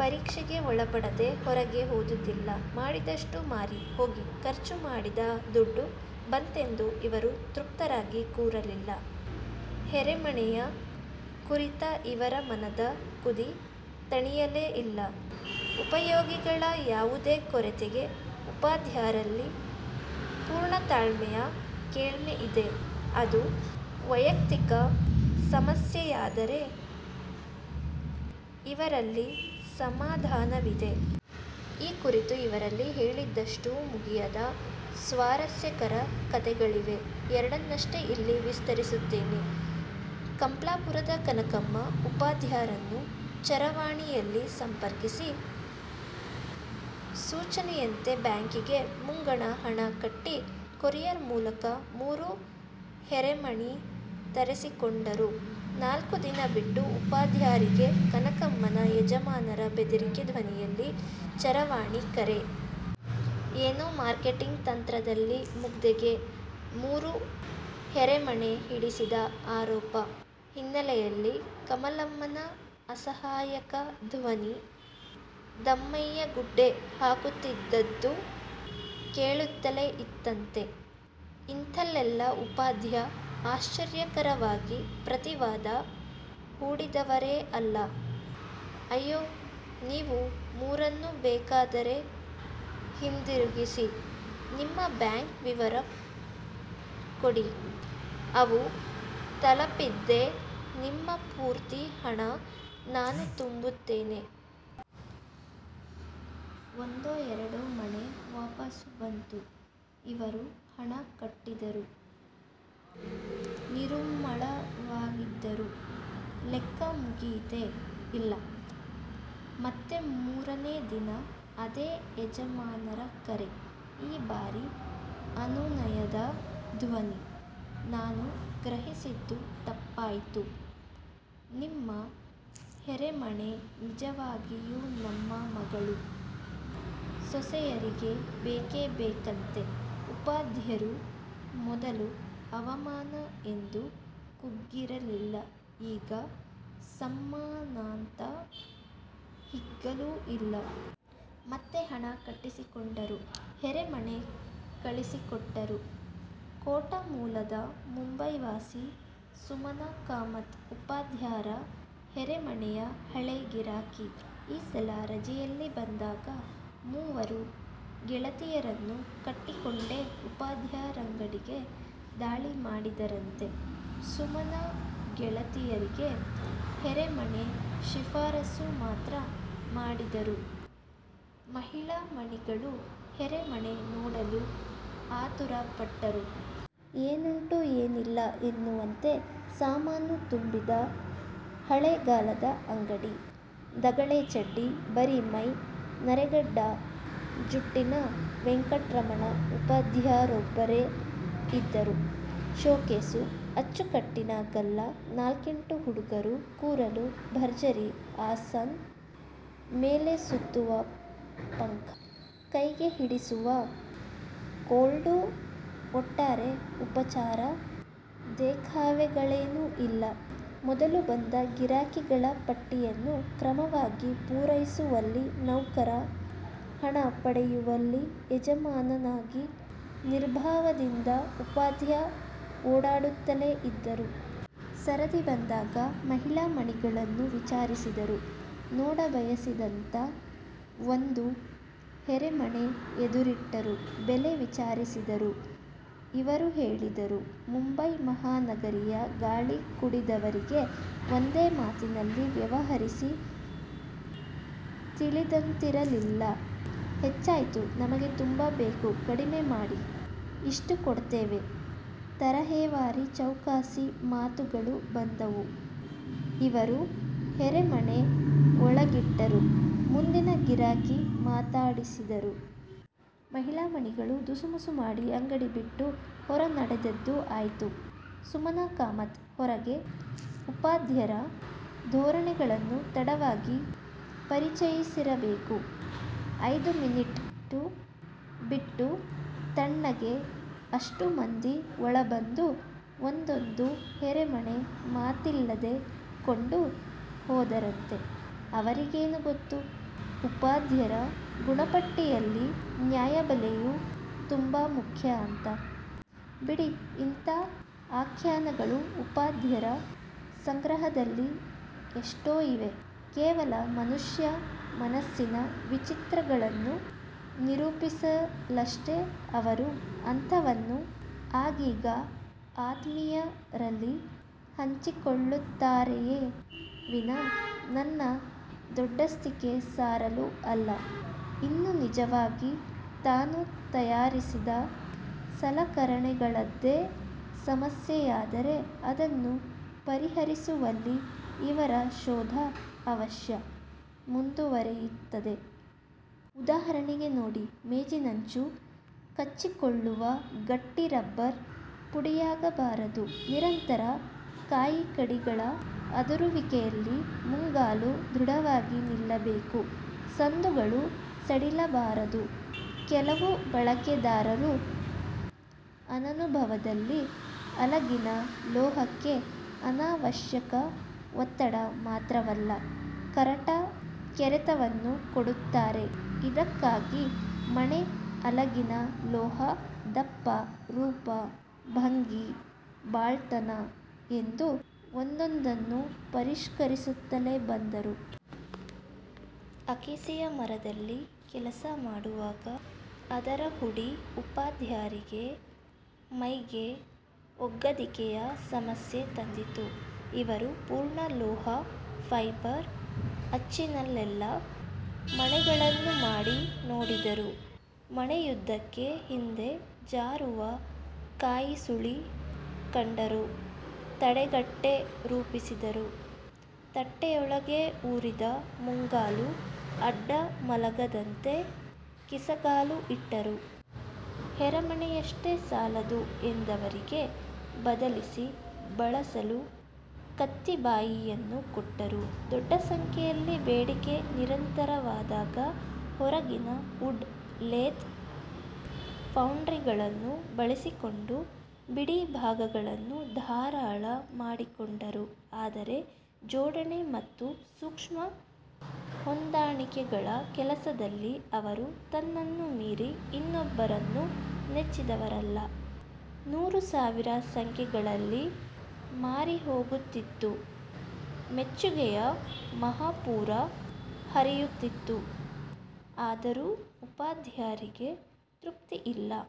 ಪರೀಕ್ಷೆಗೆ ಒಳಪಡದೇ ಹೊರಗೆ ಹೋದುದಿಲ್ಲ. ಮಾಡಿದಷ್ಟೂ ಮಾರಿ ಹೋಗಿ, ಖರ್ಚು ಮಾಡಿದ ದುಡ್ಡು ಬಂತೆಂದು ಇವರು ತೃಪ್ತರಾಗಿ ಕೂರಲಿಲ್ಲ. ಹೆರೆಮಣೆಯ ಕುರಿತ ಇವರ ಮನದ ಕುದಿ ತಣಿಯಲೇ ಇಲ್ಲ. ಉಪಯೋಗಿಗಳ ಯಾವುದೇ ಕೊರತೆಗೆ ಉಪಾಧ್ಯರಲ್ಲಿ ಪೂರ್ಣ ತಾಳ್ಮೆಯ ಕೇಳ್ಮೆ ಇದೆ. ಅದು ವೈಯಕ್ತಿಕ ಸಮಸ್ಯೆಯಾದರೆ ಇವರಲ್ಲಿ ಸಮಾಧಾನವಿದೆ. ಈ ಕುರಿತು ಇವರಲ್ಲಿ ಹೇಳಿದಷ್ಟೂ ಮುಗಿಯದ ಸ್ವಾರಸ್ಯಕರ ಕತೆಗಳಿವೆ. ಎರಡನ್ನಷ್ಟೇ ಇಲ್ಲಿ ವಿಸ್ತರಿಸುತ್ತೇನೆ. ಕಂಪ್ಲಾಪುರದ ಕನಕಮ್ಮ ಉಪಾಧ್ಯರನ್ನು ಚರವಾಣಿಯಲ್ಲಿ ಸಂಪರ್ಕಿಸಿ, ಸೂಚನೆಯಂತೆ ಬ್ಯಾಂಕಿಗೆ ಮುಂಗಡ ಹಣ ಕಟ್ಟಿ, ಕೊರಿಯರ್ ಮೂಲಕ ಮೂರು ಹೆರೆಮಣೆ ತರಿಸಿಕೊಂಡರು. ನಾಲ್ಕು ದಿನ ಬಿಟ್ಟು ಉಪಾಧ್ಯರಿಗೆ ಕನಕಮ್ಮನ ಯಜಮಾನರ ಬೆದರಿಕೆ ಧ್ವನಿಯಲ್ಲಿ ಚರವಾಣಿ ಕರೆ. ಏನೋ ಮಾರ್ಕೆಟಿಂಗ್ ತಂತ್ರದಲ್ಲಿ ಮುಗ್ದೆಗೆ ಮೂರು ಹೆರೆಮಣೆ ಹಿಡಿಸಿದ ಆರೋಪ. ಹಿನ್ನೆಲೆಯಲ್ಲಿ ಕಮಲಮ್ಮನ ಅಸಹಾಯಕ ಧ್ವನಿ ದಮ್ಮಯ್ಯಗುಡ್ಡೆ ಹಾಕುತ್ತಿದ್ದದ್ದು ಕೇಳುತ್ತಲೇ ಇತ್ತಂತೆ. ಇಂಥಲ್ಲೆಲ್ಲ ಉಪಾಧ್ಯ ಆಶ್ಚರ್ಯಕರವಾಗಿ ಪ್ರತಿವಾದ ಹೂಡಿದವರೇ ಅಲ್ಲ. "ಅಯ್ಯೋ ನೀವು ಮೂರನ್ನೂ ಬೇಕಾದರೆ ಹಿಂದಿರುಗಿಸಿ. ನಿಮ್ಮ ಬ್ಯಾಂಕ್ ವಿವರ ಕೊಡಿ, ಅವು ತಲಪಿದ್ದೇ ನಿಮ್ಮ ಪೂರ್ತಿ ಹಣ ನಾನು ತುಂಬುತ್ತೇನೆ. " ಒಂದೋ ಎರಡೋ ಮಣೆ ವಾಪಾಸು ಬಂತು, ಇವರು ಹಣ ಕಟ್ಟಿದರು, ನಿರುಮ್ಮಳವಾಗಿದ್ದರು. ಲೆಕ್ಕ ಮುಗಿಯಿತೇ? ಇಲ್ಲ, ಮತ್ತೆ ಮೂರನೇ ದಿನ ಅದೇ ಯಜಮಾನರ ಕರೆ, ಈ ಬಾರಿ ಅನುನಯದ ಧ್ವನಿ. "ನಾನು ಗ್ರಹಿಸಿದ್ದು ತಪ್ಪಾಯ್ತು. ನಿಮ್ಮ ಹೆರೆಮಣೆ ನಿಜವಾಗಿಯೂ ನಮ್ಮ ಮಗಳು, ಸೊಸೆಯರಿಗೆ ಬೇಕೇ ಬೇಕಂತೆ" ಉಪಾಧ್ಯರು ಮೊದಲು ಅವಮಾನ ಎಂದು ಕುಗ್ಗಿರಲಿಲ್ಲ, ಈಗ ಸಮ್ಮಾನಾಂತ ಹಿಗ್ಗಲೂ ಇಲ್ಲ. ಮತ್ತೆ ಹಣ ಕಟ್ಟಿಸಿಕೊಂಡರು, ಹೆರೆಮಣೆ ಕಳಿಸಿಕೊಟ್ಟರು! ಕೋಟ ಮೂಲದ ಮುಂಬೈವಾಸಿ ಸುಮನಾ ಕಾಮತ್ ಉಪಾಧ್ಯರ ಹೆರೆಮಣೆಯ ಹಳೇ ಗಿರಾಕಿ. ಈ ಸಲ ರಜೆಯಲ್ಲಿ ಬಂದಾಗ ಮೂವರು ಗೆಳತಿಯರನ್ನು ಕಟ್ಟಿಕೊಂಡೇ ಉಪಾಧ್ಯರಂಗಡಿಗೆ ದಾಳಿ ಮಾಡಿದರಂತೆ. ಸುಮನಾ ಗೆಳತಿಯರಿಗೆ ಹೆರೆಮಣೆ ಶಿಫಾರಸು ಮಾತ್ರ ಮಾಡಿದರು. ಮಹಿಳಾಮಣಿಗಳು ಹೆರೆಮಣೆ ನೋಡಲು ಆತುರಪಟ್ಟರು. ಏನುಂಟು ಏನಿಲ್ಲ ಎನ್ನುವಂತೆ ಸಾಮಾನು ತುಂಬಿದ ಹಳೆಗಾಲದ ಅಂಗಡಿ. ದಗಳೆ ಚಡ್ಡಿ, ಬರಿಮೈ, ನರೆಗಡ್ಡ ಜುಟ್ಟಿನ ವೆಂಕಟ್ರಮಣ ಉಪಾಧ್ಯರೊಬ್ಬರೇ ಇದ್ದರು. ಶೋಕೇಸು, ಅಚ್ಚುಕಟ್ಟಿನ ಗಲ್ಲಾ, ನಾಲ್ಕೆಂಟು ಹುಡುಗರು, ಕೂರಲು ಭರ್ಜರಿ ಆಸನ್, ಮೇಲೆ ಸುತ್ತುವ ಪಂಖ, ಕೈಗೆ ಹಿಡಿಸುವ ಕೋಲ್ಡೂಒಟ್ಟಾರೆ ಉಪಚಾರ, ದೆಖಾವೆಗಳೇನೂ ಇಲ್ಲ. ಮೊದಲು ಬಂದ ಗಿರಾಕಿಗಳ ಪಟ್ಟಿಯನ್ನು ಕ್ರಮವಾಗಿ ಪೂರೈಸುವಲ್ಲಿ ನೌಕರ, ಹಣ ಪಡೆಯುವಲ್ಲಿ ಯಜಮಾನನಾಗಿ ನಿರ್ಭಾವದಿಂದ ಉಪಾಧ್ಯ ಓಡಾಡುತ್ತಲೇ ಇದ್ದರು. ಸರದಿ ಬಂದಾಗ ಮಹಿಳಾಮಣಿಗಳನ್ನು ವಿಚಾರಿಸಿದರು, ನೋಡಬಯಸಿದಂತೆ ಒಂದು ಹೆರೆಮಣೆ ಎದುರಿಟ್ಟರು. ಬೆಲೆ ವಿಚಾರಿಸಿದರು, ಇವರು ಹೇಳಿದರು. ಮುಂಬೈ ಮಹಾನಗರಿಯ ಗಾಳಿ ಕುಡಿದವರಿಗೆ ಒಂದೇ ಮಾತಿನಲ್ಲಿ ವ್ಯವಹರಿಸಿ ತಿಳಿದಂತಿರಲಿಲ್ಲ. "ಹೆಚ್ಚಾಯ್ತು, ನಮಗೆ ತುಂಬಾ ಬೇಕು, ಕಡಿಮೆ ಮಾಡಿ, ಇಷ್ಟು ಕೊಡ್ತೇವೆ" ತರಹೇವಾರಿ ಚೌಕಾಸಿ ಮಾತುಗಳು ಬಂದವು. ಇವರು ಹೆರೆಮಣೆ ಒಳಗಿಟ್ಟರು, ಮುಂದಿನ ಗಿರಾಕಿ ಮಾತಾಡಿಸಿದರು. ಮಹಿಳಾಮಣಿಗಳು ದುಸುಮುಸು ಮಾಡಿ, ಅಂಗಡಿ ಬಿಟ್ಟು ಹೊರ ನಡೆದದ್ದೂ ಆಯ್ತು. ಸುಮನಾ ಕಾಮತ್ ಹೊರಗೆ ಉಪಾಧ್ಯರ ಧೋರಣೆಗಳನ್ನು ತಡವಾಗಿ ಪರಿಚಯಿಸಿರಬೇಕು. ಐದು ಮಿನಿಟು ಬಿಟ್ಟು, ತಣ್ಣಗೆ ಅಷ್ಟೂ ಮಂದಿ ಒಳ ಬಂದು ಒಂದೊಂದು ಹೆರೆಮಣೆ ಮಾತಿಲ್ಲದೆ ಕೊಂಡು ಹೋದರಂತೆ! ಅವರಿಗೇನು ಗೊತ್ತು, ಉಪಾಧ್ಯರ ಗುಣಪಟ್ಟಿಯಲ್ಲಿ ನ್ಯಾಯಬೆಲೆಯೂ ತುಂಬ ಮುಖ್ಯ ಅಂಶ. ಬಿಡಿ, ಇಂಥ ಆಖ್ಯಾನಗಳು ಉಪಾಧ್ಯರ ಸಂಗ್ರಹದಲ್ಲಿ ಎಷ್ಟೂ ಇವೆ. ಕೇವಲ ಮನುಷ್ಯ ಮನಸ್ಸಿನ ವಿಚಿತ್ರಗಳನ್ನು ನಿರೂಪಿಸಲಷ್ಟೇ ಅವರು ಅಂಥವನ್ನು ಆಗೀಗ ಆತ್ಮೀಯರಲ್ಲಿ ಹಂಚಿಕೊಳ್ಳುತ್ತಾರೆಯೇ ವಿನಾ ತನ್ನ ದೊಡ್ಡಸ್ತಿಕೆ ಸಾರಲು ಅಲ್ಲ. ಇನ್ನು ನಿಜವಾಗಿ ತಾನು ತಯಾರಿಸಿದ ಸಲಕರಣೆಗಳದ್ದೇ ಸಮಸ್ಯೆಯಾದರೆ ಅದನ್ನು ಪರಿಹರಿಸುವಲ್ಲಿ ಇವರ ಶೋಧ ಅವಶ್ಯ ಮುಂದುವರಿಯುತ್ತದೆ. ಉದಾಹರಣೆಗೆ ನೋಡಿ ಮೇಜಿನಂಚು ಕಚ್ಚಿಕೊಳ್ಳುವ ಗಟ್ಟಿ ರಬ್ಬರ್ ಪುಡಿಯಾಗಬಾರದು. ನಿರಂತರ ಕಾಯಿಕಡಿಗಳ ಅದುರುವಿಕೆಯಲ್ಲಿ ಮುಂಗಾಲು ದೃಢವಾಗಿ ನಿಲ್ಲಬೇಕು. ಸಂದುಗಳು ಸಡಿಲಬಾರದು. ಕೆಲವು ಬಳಕೆದಾರರು ಅನನುಭವದಲ್ಲಿ ಅಲಗಿನ ಲೋಹಕ್ಕೆ ಅನಾವಶ್ಯಕ ಒತ್ತಡ ಮಾತ್ರವಲ್ಲ, ಕರಟ ಕೆರೆತವನ್ನೂ ಕೊಡುತ್ತಾರೆ. ಇದಕ್ಕಾಗಿ ಮಣೆ, ಅಲಗಿನ ಲೋಹ, ದಪ್ಪ, ರೂಪ, ಭಂಗಿ, ಬಾಳ್ತನ ಎಂದು ಒಂದೊಂದನ್ನೂ ಪರಿಷ್ಕರಿಸುತ್ತಲೇ ಬಂದರು. ಅಕೇಸಿಯಾ ಮರದಲ್ಲಿ ಕೆಲಸ ಮಾಡುವಾಗ ಅದರ ಹುಡಿ ಉಪಾಧ್ಯರಿಗೇ ಮೈಗೆ ಒಗ್ಗದಿಕೆಯ ಸಮಸ್ಯೆ ತಂದಿತು. ಇವರು ಪೂರ್ಣ ಲೋಹ, ಫೈಬರ್ ಅಚ್ಚಿನಲ್ಲೆಲ್ಲ ಮಣೆಗಳನ್ನು ಮಾಡಿ ನೋಡಿದರು. ಮಣೆಯುದ್ದಕ್ಕೆ ಹಿಂದೆ ಜಾರುವ ಕಾಯಿಸುಳಿ ಕಂಡರು, ತಡೆಗಟ್ಟೆ ರೂಪಿಸಿದರು. ತಟ್ಟೆಯೊಳಗೇ ಊರಿದ ಮುಂಗಾಲು ಅಡ್ಡ ಮಲಗದಂತೆ ಕಿಸಗಾಲು ಇಟ್ಟರು. ಹೆರಮಣೆಯಷ್ಟೇ ಸಾಲದು ಎಂದವರಿಗೆ, ಬದಲಿಸಿ ಬಳಸಲು ಕತ್ತಿಬಾಯಿಯನ್ನೂ ಕೊಟ್ಟರು. ದೊಡ್ಡ ಸಂಖ್ಯೆಯಲ್ಲಿ ಬೇಡಿಕೆ ನಿರಂತರವಾದಾಗ ಹೊರಗಿನ ಉಡ್ ಲೇತ್, ಫೌಂಡ್ರಿಗಳನ್ನು ಬಳಸಿಕೊಂಡು ಬಿಡಿಭಾಗಗಳನ್ನು ಧಾರಾಳ ಮಾಡಿಕೊಂಡರು. ಆದರೆ ಜೋಡಣೆ ಮತ್ತು ಸೂಕ್ಷ್ಮ ಹೊಂದಾಣಿಕೆಗಳ ಕೆಲಸದಲ್ಲಿ ಅವರು ತನ್ನನ್ನು ಮೀರಿ ಇನ್ನೊಬ್ಬರನ್ನು ನೆಚ್ಚಿದವರಲ್ಲ. ನೂರು ಸಾವಿರ ಸಂಖ್ಯೆಗಳಲ್ಲಿ ಮಾರಿಹೋಗುತ್ತಿತ್ತು, ಮೆಚ್ಚುಗೆಯ ಮಹಾಪೂರ ಹರಿಯುತ್ತಿತ್ತು. ಆದರೂ ಉಪಾಧ್ಯರಿಗೆ ತೃಪ್ತಿಯಿಲ್ಲ.